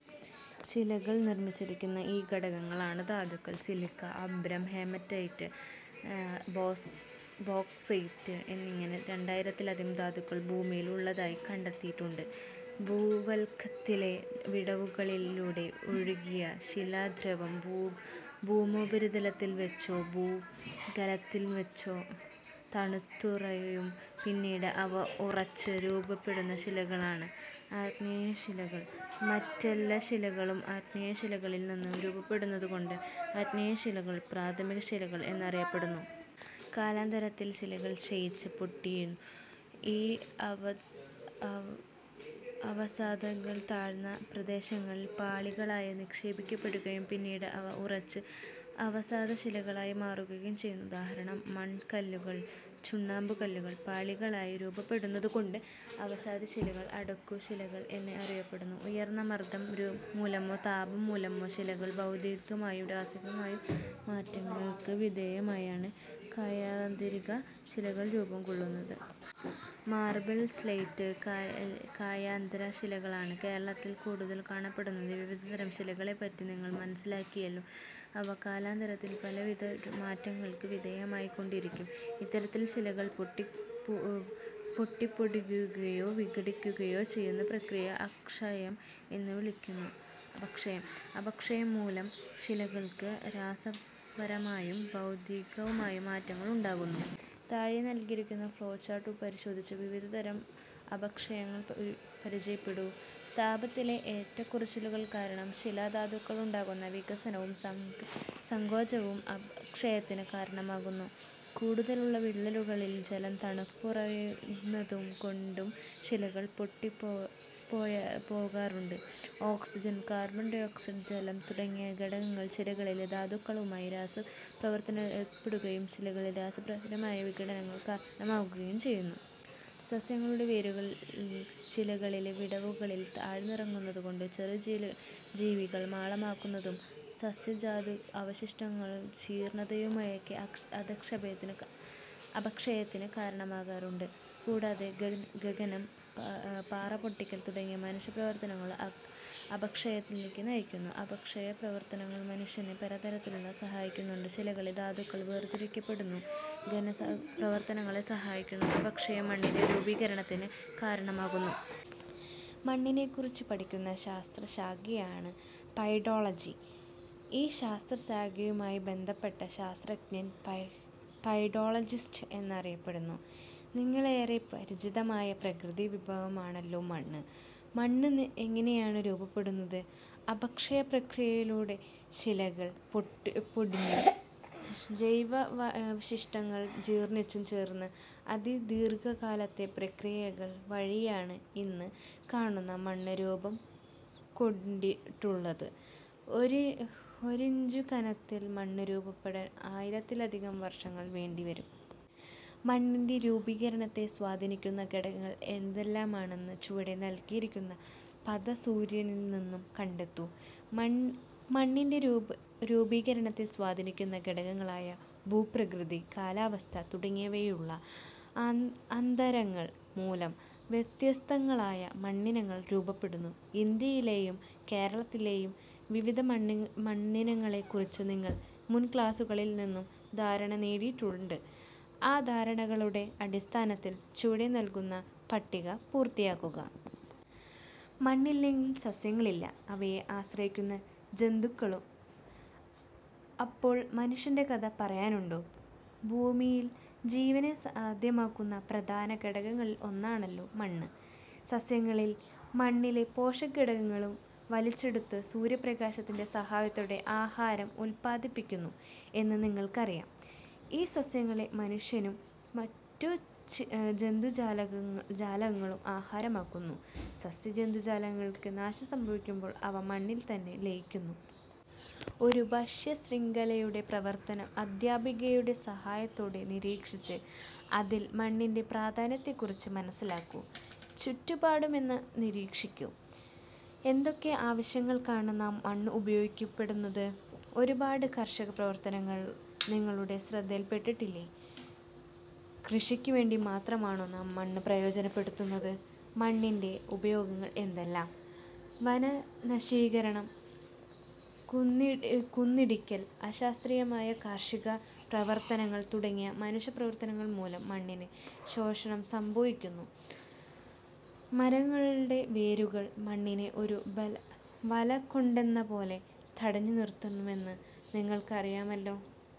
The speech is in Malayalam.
ശിലകൾ നിർമ്മിച്ചിരിക്കുന്ന ഈ ഘടകങ്ങളാണ് ധാതുക്കൾ. സിലിക്ക, അഭ്രം, ഹേമറ്റൈറ്റ്, ബോക്സൈറ്റ് എന്നിങ്ങനെ രണ്ടായിരത്തിലധികം ധാതുക്കൾ ഭൂമിയിൽ ഉള്ളതായി കണ്ടെത്തിയിട്ടുണ്ട്. ഭൂവൽക്കത്തിലെ വിടവുകളിലൂടെ ഉരുകിയ ശിലാദ്രവം ഭൗമോപരിതലത്തിൽ വച്ചോ ഭൂവല്ക്കത്തിനുള്ളിൽ വച്ചോ തണുത്തുറയും പിന്നീട് അവ ഉറച്ച് രൂപപ്പെടുന്ന ശിലകളാണ് ആഗ്നേയശിലകൾ. മറ്റെല്ലാ ശിലകളും ആഗ്നേയ ശിലകൾക്കളിൽ നിന്നും രൂപപ്പെടുന്നതുകൊണ്ട് ആഗ്നേയശിലകൾ പ്രാഥമിക ശിലകൾ എന്നറിയപ്പെടുന്നു. കാലാന്തരത്തിൽ ശിലകൾ ക്ഷയിച്ച് പൊടിയുന്നു. ഈ അവസാദങ്ങൾ താഴ്ന്ന പ്രദേശങ്ങളിൽ പാളികളായി നിക്ഷേപിക്കപ്പെടുകയും പിന്നീട് അവ ഉറച്ച് അവസാദ ശിലകളായി മാറുകയും ചെയ്യുന്നു. ഉദാഹരണം: മണൽകല്ലു, ചുണ്ണാമ്പുകല്ല്. പാളികളായി രൂപപ്പെടുന്നതുകൊണ്ടു അവസാദശിലകൾ അടുക്കു ശിലകൾ എന്നും അറിയപ്പെടുന്നു. ഉയർന്ന മർദം മൂലമോ താപം മൂലമോ ശിലകൾ ഭൗതികമായും രാസപരമായും മാറ്റങ്ങൾക്ക് വിധേയമായാണ് കായാന്തരിത ശിലകൾ രൂപം കൊള്ളുന്നത്. ഉദാ: മാർബിൾ, സ്ലേറ്റ്. കായാന്തര ശിലകളാണ് കേരളത്തിൽ കൂടുതൽ കാണപ്പെടുന്നത്. വിവിധതരം ശിലകളെപ്പറ്റി നിങ്ങൾ മനസ്സിലാക്കിയല്ലോ. അവ കാലാന്തരത്തിൽ പലവിധ മാറ്റങ്ങൾക്ക് വിധേയമായിക്കൊണ്ടിരിക്കും. ഇത്തരത്തിൽ ശിലകൾ പൊട്ടിപ്പൊടിയുകയോ വിഘടിക്കുകയോ ചെയ്യുന്ന പ്രക്രിയകളെ അപക്ഷയം എന്നു വിളിക്കുന്നു. അപക്ഷയം മൂലം ശിലകൾക്ക് രാസപരമായും ഭൗതികമായും മാറ്റങ്ങൾ ഉണ്ടാകുന്നു. താഴെ നൽകിയിരിക്കുന്ന ഫ്ളോ ചാർട്ട് പരിശോധിച്ച് വിവിധ തരം അപക്ഷയങ്ങൾ പരിചയപ്പെടൂ. താപത്തിലെ ഏറ്റക്കുറച്ചിലുകൾ കാരണം ശിലാ ധാതുക്കൾക്കുണ്ടാകുന്ന വികാസവും സങ്കോചവും അപക്ഷയത്തിന് കാരണമാകുന്നു. കൂടാതെ വിള്ളലു കൾക്കുള്ളിൽ ജലം തണുത്തുറയുന്നതു കൊണ്ടും ശിലകൾ പൊടിയാറുണ്ട്. ഓക്സിജൻ, കാർബൺ ഡയോക്സൈഡ്, ജലം തുടങ്ങിയ ഘടകങ്ങൾ ശിലകളിലെ ധാതുക്കളുമായി രാസപ്രവർത്തനത്തിലേർപ്പെടുകയും ശിലകളിൽ രാസപരമായ വിഘടനത്തിന് കാരണമാവുകയും ചെയ്യുന്നു. സസ്യങ്ങളുടെ വേരുകൾ ശിലകളിലെ വിടവുകളിലേക്ക് ആഴ്ന്നിറങ്ങുന്നതും ചെറുജീവികൾ മാളങ്ങളുണ്ടാക്കുന്നതും സസ്യജന്തു അവശിഷ്ടങ്ങളുടെ ജീർണ്ണനവുമൊക്കെ അപക്ഷയത്തിന് കാരണമാകാറുണ്ട്. കൂടാതെ ഖനനം, പാറ പൊട്ടിക്കൽ തുടങ്ങിയ മനുഷ്യപ്രവർത്തനങ്ങളും അപക്ഷയത്തിലേക്ക് നയിക്കുന്നു. അപക്ഷയപ്രവർത്തനങ്ങൾ മനുഷ്യനെ പലതരത്തിൽ സഹായിക്കാറുണ്ട്. ശിലകളിലെ ധാതുക്കൾ വേർതിരിക്കപ്പെടുന്നു. ഖനനപ്രവർത്തനങ്ങളെ സഹായിക്കുന്നു. അപക്ഷയം മണ്ണിന്റെ രൂപീകരണത്തിന് കാരണമാകുന്നു. മണ്ണിനെക്കുറിച്ച് പഠിക്കുന്ന ശാസ്ത്രശാഖയാണ് പെഡോളജി. ഈ ശാസ്ത്ര ശാഖയുമായി ബന്ധപ്പെട്ട ശാസ്ത്രജ്ഞൻ പെഡോളജിസ്റ്റ് എന്നറിയപ്പെടുന്നു. നിങ്ങൾക്കേറെ പരിചിതമായ പ്രകൃതിവിഭവമാണല്ലോ മണ്ണ്. മണ്ണ് എങ്ങനെയാണ് രൂപപ്പെടുന്നത്? അപക്ഷയ പ്രക്രിയയിലൂടെ ശിലകൾ പൊടിഞ്ഞും ജൈവാവശിഷ്ടങ്ങൾ ജീർണിച്ചു ചേർന്നും അതിദീർഘകാലത്തെ പ്രക്രിയകൾ വഴിയാണ് ഇന്ന് കാണുന്ന മണ്ണ് രൂപംകൊണ്ടിട്ടുള്ളത്. ഒരിഞ്ചു കനത്തിൽ മണ്ണ് രൂപപ്പെടാൻ ആയിരത്തിലധികം വർഷങ്ങൾ വേണ്ടിവരും. മണ്ണിന്റെ രൂപീകരണത്തെ സ്വാധീനിക്കുന്ന ഘടകങ്ങൾ ഏതെല്ലാമെന്ന് ചുവടെ നൽകിയിരിക്കുന്ന പദസൂര്യനിൽനിന്നും കണ്ടെത്തൂ. മണ്ണിന്റെ രൂപീകരണത്തെ സ്വാധീനിക്കുന്ന ഘടകങ്ങളായ ഭൂപ്രകൃതി, കാലാവസ്ഥ തുടങ്ങിയവയിലുള്ള അന്തരങ്ങൾ മൂലം വ്യത്യസ്തങ്ങളായ മണ്ണിനങ്ങൾ രൂപപ്പെടുന്നു. ഇന്ത്യയിലെയും കേരളത്തിലെയും വിവിധ മണ്ണിനങ്ങളെക്കുറിച്ച് നിങ്ങൾ മുൻക്ലാസ്സുകളിൽ നിന്നും ധാരണ നേടിയിട്ടുണ്ട്. ആ ധാരണകളുടെ അടിസ്ഥാനത്തിൽ ചുവടെ ചേർക്കുന്ന പട്ടിക പൂർത്തിയാക്കൂ. മണ്ണില്ലെങ്കിൽ സസ്യങ്ങളില്ല അവയെ ആശ്രയിക്കുന്ന ജന്തുക്കളും. അപ്പോൾ മനുഷ്യന്റെ കഥ പറയാനുണ്ടോ? ഭൂമിയിൽ ജീവനെ സാധ്യമാക്കുന്ന പ്രധാന ഘടകങ്ങളിൽ ഒന്നാണല്ലോ മണ്ണ്. സസ്യങ്ങൾ മണ്ണിലെ പോഷകഘടകങ്ങൾ വലിച്ചെടുത്ത് സൂര്യപ്രകാശത്തിന്റെ സഹായത്തോടെ ആഹാരം ഉല്പാദിപ്പിക്കുന്നു എന്ന് നിങ്ങൾക്കറിയാം. ഈ സസ്യങ്ങളെ മനുഷ്യനും മറ്റു ജന്തുജാലങ്ങളും ആഹാരമാക്കുന്നു. സസ്യജന്തുജാലങ്ങൾക്ക് നാശം സംഭവിക്കുമ്പോൾ അവ മണ്ണിൽ തന്നെ ലയിക്കുന്നു. ഒരു ഭക്ഷ്യശൃംഖലയുടെ പ്രവർത്തനം അധ്യാപികയുടെ സഹായത്തോടെ നിരീക്ഷിച്ച് അതിൽ മണ്ണിന്റെ പ്രാധാന്യത്തെക്കുറിച്ച് മനസ്സിലാക്കൂ. ചുറ്റുപാടുമൊന്ന് നിരീക്ഷിക്കൂ. എന്തൊക്കെ ആവശ്യങ്ങൾക്കാണ് നാം മണ്ണ് ഉപയോഗപ്പെടുത്തുന്നത്? ഒരുപാട് കാർഷിക പ്രവർത്തനങ്ങൾ നിങ്ങളുടെ ശ്രദ്ധയിൽപ്പെട്ടില്ലേ? കൃഷിക്കുവേണ്ടി മാത്രമാണോ നാം മണ്ണ് പ്രയോജനപ്പെടുത്തുന്നത്? മണ്ണിന്റെ ഉപയോഗങ്ങൾ എന്തെല്ലാം? വനനശീകരണം, കുന്നിടിക്കൽ, അശാസ്ത്രീയ കാർഷിക പ്രവർത്തനങ്ങൾ തുടങ്ങിയ മനുഷ്യപ്രവർത്തനങ്ങൾ മൂലം മണ്ണിന് ശോഷണം സംഭവിക്കുന്നു. മരങ്ങളുടെ വേരുകൾ മണ്ണിനെ ഒരു വലകൊണ്ടെന്നപോലെ തടഞ്ഞുനിർത്തുന്നുവെന്ന് നിങ്ങൾക്കറിയാമല്ലോ.